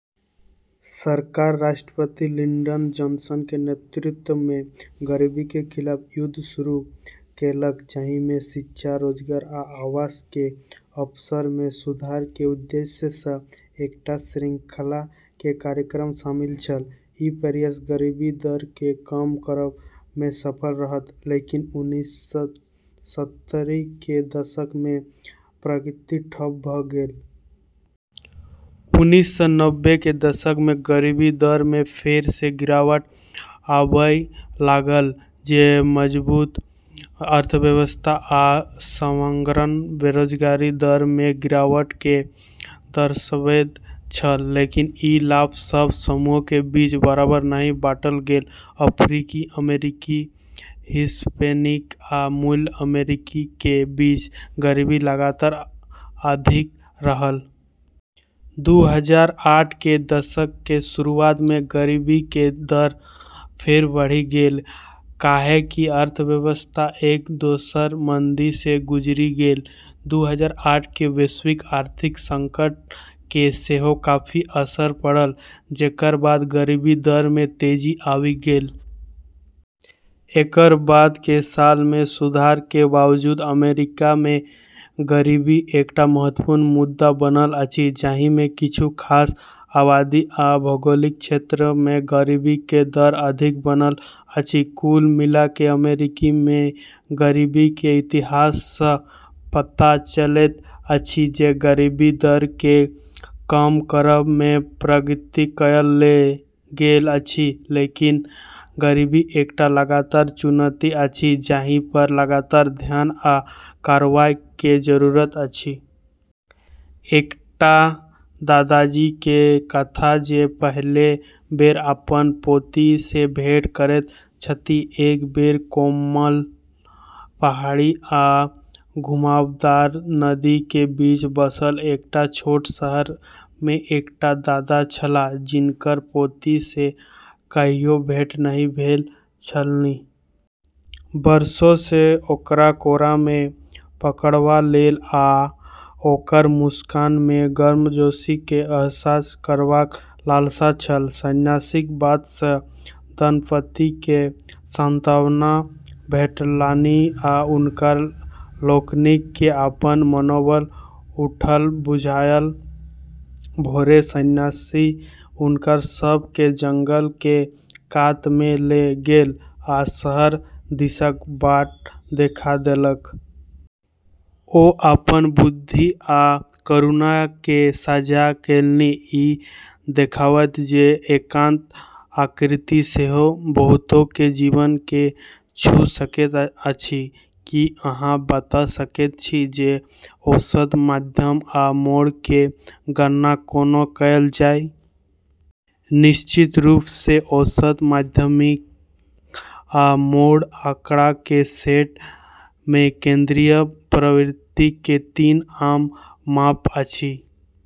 सरकार राष्ट्रपति Lyndon Johnson के नेतृत्व मे गरीबी के खिलाफ युद्ध शुरू केलक, जाहि मे शिक्षा, रोजगार, आ आवास के अवसर मे सुधार के उद्देश्य सँ एकटा श्रृंखला के कार्यक्रम शामिल छल। ई प्रयास गरीबी दर के कम करब मे सफल रहल, लेकिन उन्नीस सय सत्तरी के दशक मे प्रगति ठप भ गेल। उन्नीस सय नब्बे के दशक मे गरीबी दर मे फेर सँ गिरावट आबय लागल, जे मजबूत अर्थव्यवस्था आ समग्र बेरोजगारी दर मे गिरावट के दर्शबैत छल। लेकिन ई लाभ सब समूह के बीच बराबर नहि बाँटल गेल, अफ्रीकी अमेरिकी, हिस्पैनिक आ मूल अमेरिकी के बीच गरीबी लगातार अधिक रहल। दू हजार आठ के दशक के शुरुआत मे गरीबी के दर फेर बढ़ि गेल, काहे कि अर्थव्यवस्था एक दोसर मंदी सँ गुजरि गेल। दू हजार आठ के वैश्विक आर्थिक संकट के सेहो काफी असर पड़ल, जेकर बाद गरीबी दर मे तेजी आबि गेल। एकर बाद के साल मे सुधार के बावजूद, अमेरिका मे गरीबी एकटा महत्वपूर्ण मुद्दा बनल अछि, जाहि मे किछु खास आबादी आ भौगोलिक क्षेत्र मे गरीबी के दर अधिक बनल अछि। कुल मिला कए अमेरिका मे गरीबी के इतिहास सँ पता चलैत अछि जे गरीबी दर के कम करब मे प्रगति कएल गेल अछि, लेकिन गरीबी एकटा लगातार चुनौती अछि जाहि पर लगातार ध्यान आ कार्रवाई के जरूरत अछि। एकटा दादाजी के कथा जे पहिल बेर अपन पोती सँ भेंट करैत छथि। एक बेर कोमल पहाड़ी आ घुमावदार नदी के बीच बसल एकटा छोट शहर मे एकटा दादा छलाह जिनकर पोती सँ कहियो भेंट नहि भेल छलनि। वर्षो सँ ओकरा कोरा मे पकड़बा लेल आ ओकर मुस्कान के गर्मजोशी के अहसास करबाक लालसा छल। संन्यासीक बात सँ दंपति के सान्त्वना भेटलनि आ हुनका लोकनि के अपन मनोबल उठल बुझायल। भोरे संन्यासी हुनका सभ के जंगल के कात मे ल' गेल आ शहर दिसक बाट देखा देलक। ओ अपन बुद्धि आ करुणा के साझा केलनि, ई देखबैत जे एकांत आकृति सेहो बहुतो के जीवन के छू सकैत अछि। की अहाँ बता सकैत छी जे औसत माध्य आ मोड के गणना कोना कएल जाय। निश्चित रूप सँ। औसत, माध्यिका, आ मोड आँकड़ा के सेट मे केंद्रीय प्रवृत्ति के तीन आम माप अछि।